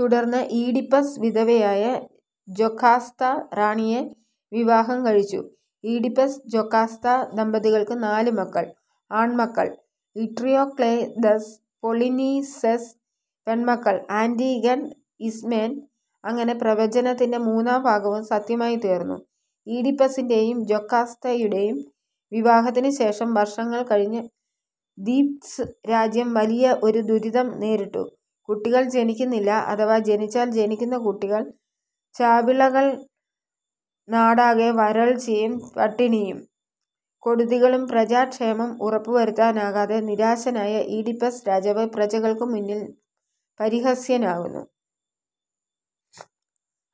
തുടർന്നു ഈഡിപ്പസ് വിധവയായ ജൊകാസ്ത റാണിയെ വിവാഹം കഴിച്ചു. ഈഡിപ്പസ്-ജൊകാസ്ത ദമ്പതിമാർക്കു നാലു മക്കൾ; "ആണ്മക്കൾ-ഇട്യോക്ലെദസ്, പൊളീനിസെസ്, പെണ്മക്കൾ-ആന്റിഗെൺ, ഇസ്മേൻ". അങ്ങനെ പ്രവചനത്തിന്റെ മൂന്നാം ഭാഗവും സത്യമായിത്തീർന്നു. ഈഡിപ്പസിന്റെയും ജൊകാസ്തയുടെയും വിവാഹത്തിനു ശേഷം വർഷങ്ങൾ കഴിഞ്ഞു ഥീബ്സ് രാജ്യം വലിയ ഒരു ദുരിതം നേരിട്ടു. കുട്ടികൾ ജനിക്കുന്നില്ല, അഥവാ ജനിച്ചാൽ ജനിക്കുന്ന കുട്ടികൽ ചാപിള്ളകൾനാടാകെ വരൾച്ചയും പട്ടിണിയും കെടുതികളുംപ്രജാ-ക്ഷേമം ഉറപ്പു വരുത്താനാകാതെ നിരാശനായ ഈഡിപ്പസ് രാജാവ് പ്രജകൾക്കു മുന്നിൽ പരിഹാസ്യനാകുന്നു.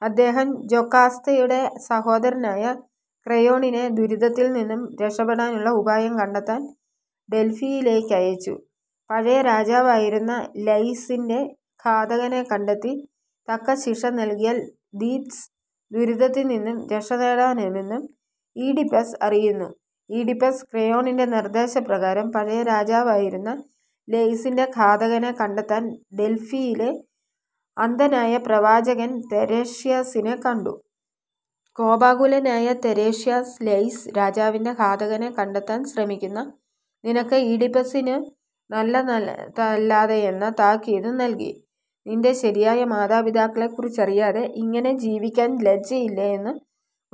അദ്ദേഹം ജൊകാസ്തയുടെ സഹോദരനായ ക്രയോണിനെ ദുരിതത്തിൽ നിന്നും രക്ഷപെടാനുള്ള ഉപായം കണ്ടെത്താൻ ഡൽഫിയിലേക്കയച്ചു. പഴയ രാജാവായിരുന്ന ലൈയ്സിന്റെ ഘാതകനെ കണ്ടെത്തി തക്ക ശിക്ഷനൽകിയാൽ ഥീബ്സ് ദുരിതത്തിൽനിന്നും രക്ഷനേടാമെന്നും ഈഡിപ്പസ് അറിയുന്നു. ഈഡിപ്പസ് ക്രയോണിന്റെ നിർദ്ദേശപ്രകാരം പഴയ രാജാവായിരുന്ന ലൈയ്സിന്റെ ഘാതകനെ കണ്ടെത്താൻ ഡൽഫിയിലെ അന്ധനായ പ്രവാചകൻ തെരേഷ്യാസിനെ കണ്ടു. കോപാകുലനായ തെരേഷ്യാസ് ലൈയ്സ് രാജാവിന്റെ ഘാതകനെ കണ്ടെത്താൻ ശ്രമിക്കുന്ന "നിനക്ക്", ഈഡിപ്പസ്സിനു നല്ലതല്ലായെന്ന താക്കീതു നൽകി. നിന്റെ ശരിയായ മാതാ-പിതാക്കളെക്കുറിച്ചറിയാതെ ഇങ്ങനെ ജീവിക്കാൻ ലജ്ജയില്ലേയെന്നു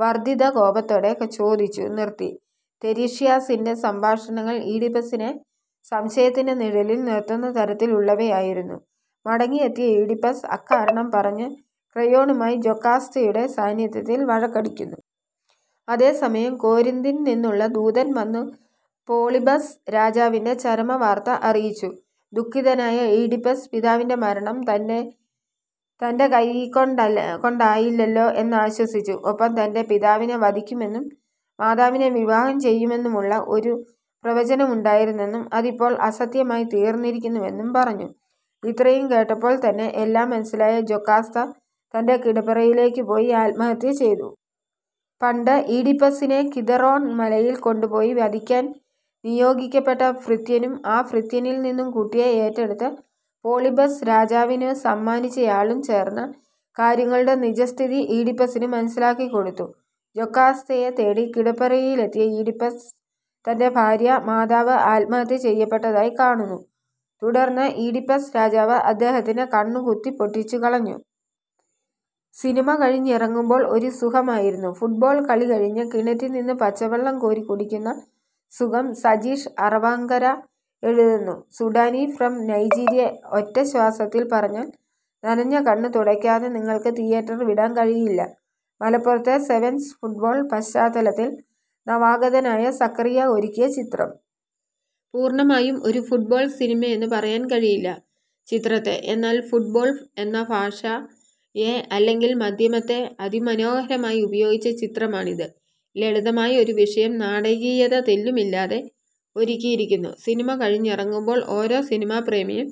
വർദ്ദിത-കോപത്തോടെ ചൊദിച്ചു നിർത്തി. തെരേഷ്യാസിന്റെ സംഭാഷണങ്ങൾ ഈഡിപ്പസിനെ സംശയത്തിന്റെ നിഴലിൽ നിർത്തുന്ന തരത്തിലുള്ളവയായിരുന്നു. മടങ്ങിയെത്തിയ ഈഡിപ്പസ് അക്കാരണം പറഞ്ഞു ക്രയോണുമായി ജൊകസ്തയുടെ സാന്നിദ്ധ്യത്തിൽ വഴക്കടിച്ചു. അതേ സമയം കോരിന്ദിൽ നിന്നുള്ള ദൂതൻ വന്നു പോളിബസ് രാജാവിന്റെ ചരമ വാർത്ത അറിയിച്ചു. ദുഖിതനായ ഈഡിപ്പസ് പിതാവിന്റെ മരണം തന്റെ തന്റെ കൈകൊണ്ടായില്ലല്ലോ എന്നാശ്വസിച്ചു. ഒപ്പം തന്റെ പിതാവിനെ വധിക്കുമെന്നും മാതാവിനെ വിവാഹം ചെയ്യുമെന്നുമുള്ള ഒരു പ്രവചനമുണ്ടായിരുന്നെന്നും അതിപ്പോൾ അസത്യമായി തീർന്നിരിക്കുന്നുവെന്നും പറഞ്ഞു. ഇത്രയും കേട്ടപ്പോൾതന്നെ എല്ലാം മനസ്സിലായ ജൊകാസ്ത തന്റെ കിടപ്പറയിലേക്കു പോയി ആത്മഹത്യ ചെയ്തു. പണ്ടു ഈഡിപ്പസ്സിനെ കിഥറൊൺ മലയിൽ കൊണ്ടുപോയി വധിക്കാൻ നിയോഗിക്കപ്പെട്ട ഭൃത്യനും ആ ഭൃത്യനിൽ നിന്നുംകുട്ടിയെ ഏറ്റെടുത്ത് പോളിബസ് രാജവിനു സമ്മാനിച്ചയാളും ചേർന്നു കാര്യങ്ങളുടെ നിജസ്ഥിതി ഈഡിപ്പസിനു മനസ്സിലാക്കിക്കൊടുത്തു. ജൊകാസ്തയെ തേടി കിടപ്പറയിലെത്തിയ ഈഡിപ്പസ് തന്റെ ഭാര്യ/മാതാവ് ആത്മഹത്യ ചെയ്യപ്പെട്ടതായി കാണുന്നു. തുടർന്നു ഈഡിപ്പസ് രാജാവ് അദ്ദേഹത്തിന്റെ കണ്ണു കുത്തിപ്പൊട്ടിച്ചു കളഞ്ഞു. സിനിമ കഴിഞ്ഞിറങ്ങുമ്പോൾ ഒരു സുഖമായിരുന്നു. ഫുട്ബോൾ കളി കഴിഞ്ഞ് കിണറ്റിൽ നിന്ന് പച്ചവെള്ളം കോരി കുടിക്കുന്ന സുഖം സജീഷ് അറവങ്കര എഴുതുന്നു. സുഡാനി ഫ്രം നൈജീരിയ ഒറ്റ ശ്വാസത്തിൽ പറഞ്ഞാൽ, നനഞ്ഞ കണ്ണ് തുടയ്ക്കാതെ നിങ്ങൾക്ക് തിയേറ്റർ വിടാൻ കഴിയില്ല. മലപ്പുറത്തെ സെവൻസ് ഫുട്ബോൾ പശ്ചാത്തലത്തിൽ നവാഗതനായ സക്കറിയ ഒരുക്കിയ ചിത്രം. പൂർണമായും ഒരു ഫുട്ബോൾ സിനിമയെന്ന് പറയാൻ കഴിയില്ല ചിത്രത്തെ. എന്നാൻ, ഫുട്ബോൾ എന്ന ഭാഷയെ അല്ലെങ്കിൽ മാധ്യമത്തെ അതിമനോഹരമായി ഉപയോഗിച്ച ചിത്രമാണിത്. ലളിതമായ ഒരു വിഷയം നാടകീയത തെല്ലുമില്ലാതെ ഒരുക്കിയിരിക്കുന്നു. സിനിമ കഴിഞ്ഞിറങ്ങുമ്പോൾ ഓരോ സിനിമാപ്രേമിയും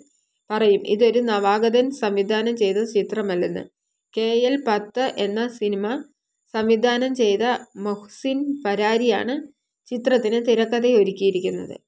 പറയും ഇതൊരു നവാഗതൻ സംവിധാനം ചെയ്ത ചിത്രമല്ലെന്ന്. കെഎൽ പത്ത് എന്ന സിനിമ സംവിധാനം ചെയ്ത മുഹ്സിൻ പരാരിയാണ് ചിത്രത്തിന് തിരക്കഥയൊരുക്കിയിരിക്കുന്നത്.